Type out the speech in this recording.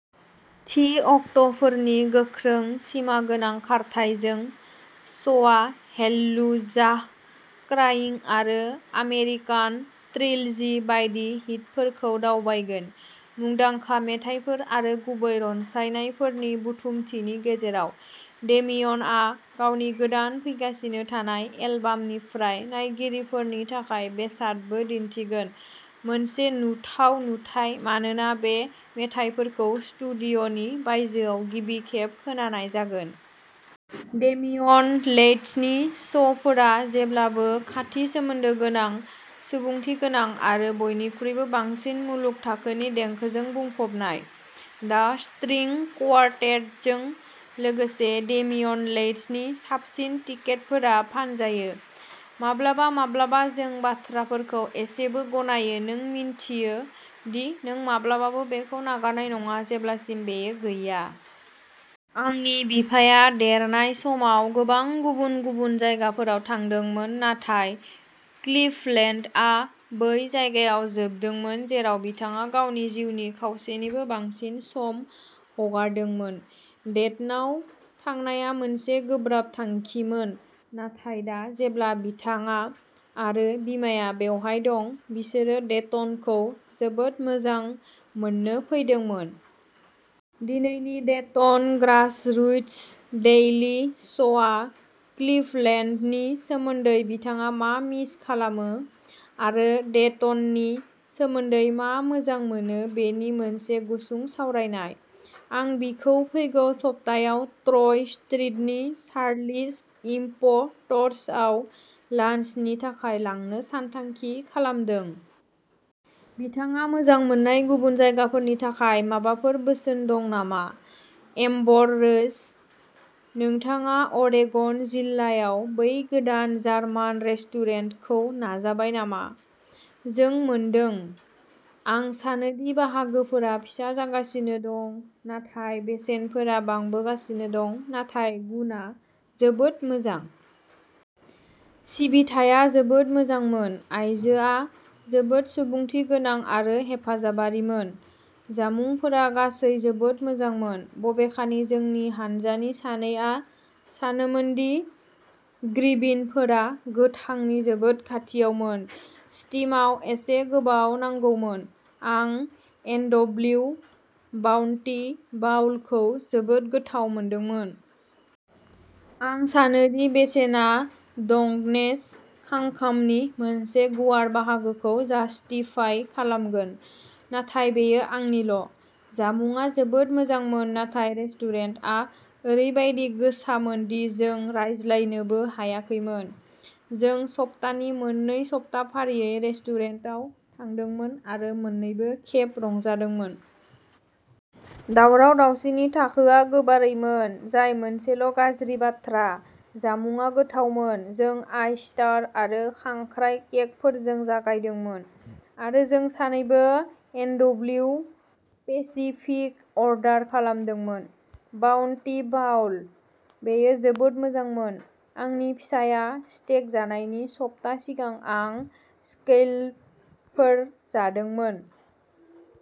थि अक्ट'फोरनि गोख्रों सिमागोनां खारथाइजों, श'आ हेललुजाह, क्रायिं आरो आमेरिकान ट्रिलजि बायदि हिटफोरखौ दावबायगोन, मुंदांखा मेथाइफोर आरो गुबै रनसायनायफोरनि बुथुमथिनि गेजेराव। डेमियनआ गावनि गोदान फैगासिनो थानाय एलबामनिफ्राय नायगिरिफोरनि थाखाय बेसादबो दिन्थिगोन-मोनसे नुथाव नुथाइ मानोना बे मेथाइफोरखौ स्टुडिय'नि बायजोआव गिबि खेब खोनानाय जागोन। डेमियन लेइथसनि श'फोरा जेब्लाबो खाथि सोमोन्दो गोनां, सुबुंथि गोनां आरो बयनिख्रुइबो बांसिन मुलुग थाखोनि देंखोजों बुंफबनाय। दा स्ट्रिं क्वार्टेटजों लोगोसे डेमियन लेइथसनि साबसिन टिकेटफोरा फानजायो। माब्लाबा माब्लाबा जों बाथ्राफोरखौ एसेबो गनायो-नों मिन्थियो दि नों माब्लाबाबो बेखौ नागारनाय नङा जेब्लासिम बेयो गैया। आंनि बिफाया देरनाय समाव गोबां गुबुन-गुबुन जायगाफोराव थादोंमोन-नाथाय क्लिभलेन्डआ बै जायगायाव जोबदोंमोन जेराव बिथाङा गावनि जिउनि खावसेनिबो बांसिन सम हगारदोंमोन। डेटनाव थांनाया मोनसे गोब्राब थांखिमोन, नाथाय दा जेब्ला बिथाङा आरो बिमाया बेवहाय दं, बिसोरो डेटनखौ जोबोद मोजां मोननो फैदोंमोन। दिनैनि डेटन ग्रासरुट्स डेइलि श'आ क्लिभलेन्डनि सोमोन्दै बिथाङा मा मिस खालामो, आरो डेटननि सोमोन्दै मा मोजां मोनो बेनि मोनसे गुसुं सावरायनाय। आं बिखौ फैगौ सप्तायाव ट्र'य स्ट्रीटनि चार्लीज इम्प'र्ट्सआव लान्सनि थाखाय लांनो सानथांखि खालामदों। बिथाङा मोजां मोननाय गुबुन जायगाफोरनि थाखाय माबाफोर बोसोन दं नामा? Amber Rose? नोंथाङा अरेगन जिल्लायाव बै गोदान जार्मान रेस्टुरेन्टखौ नाजाबाय नामा? जों मोनदों। आं सानो दि बाहागोफोरा फिसा जागासिनो दं, नाथाय बेसेनफोरा बांबोगासिनो दं, नाथाय गुनआ जोबोद मोजां! सिबिथाया जोबोद मोजांमोन। आइजोआ जोबोद सुबुंथि गोनां आरो हेफाजाबारिमोन। जामुंफोरा गासै जोबोद मोजांमोन, बबेखानि जोंनि हान्जानि सानैआ सानोमोन दि ग्रिबिनफोरा गोथांनि जोबोद खाथियावमोन, स्टिमआव एसे गोबाव नांगौमोन! आं एनडब्लिउ बाउन्टि बाउलखौ जोबोद गोथाव मोनदोंमोन। आं सानो दि बेसेना डंगनेस खांखामनि मोनसे गुवार बाहागोखौ जस्टिफाइ खालामगोन, नाथाय बेयो आंनिल '! जामुंआ जोबोद मोजांमोन नाथाय रेस्टुरेन्टआ ओरैबायदि गोसामोन दि जों रायज्लायनोबो हायाखैमोन। जों सप्तानि मोननै सप्ता फारियै रेस्टुरेन्टाव थांदोंमोन आरो मोन्नैबो खेब रंजादोंमोन। दावराव-दावसिनि थाखोआ गोबारैमोन, जाय मोनसेल'गाज्रि बाथ्रा। जामुंआ गोथावमोन। जों ऑयस्टार आरो खांख्राय केकफोरजों जागायदोंमोन आरो जों सानैबो एनडब्लिउ पेसिफिक अर्डार खालामदोंमोन। Bounty Bowl. बेयो जोबोद मोजांमोन। आंनि फिसाया स्टेक जानायनि सप्ता सिगां आं स्कैलपफोर जादोंमोन।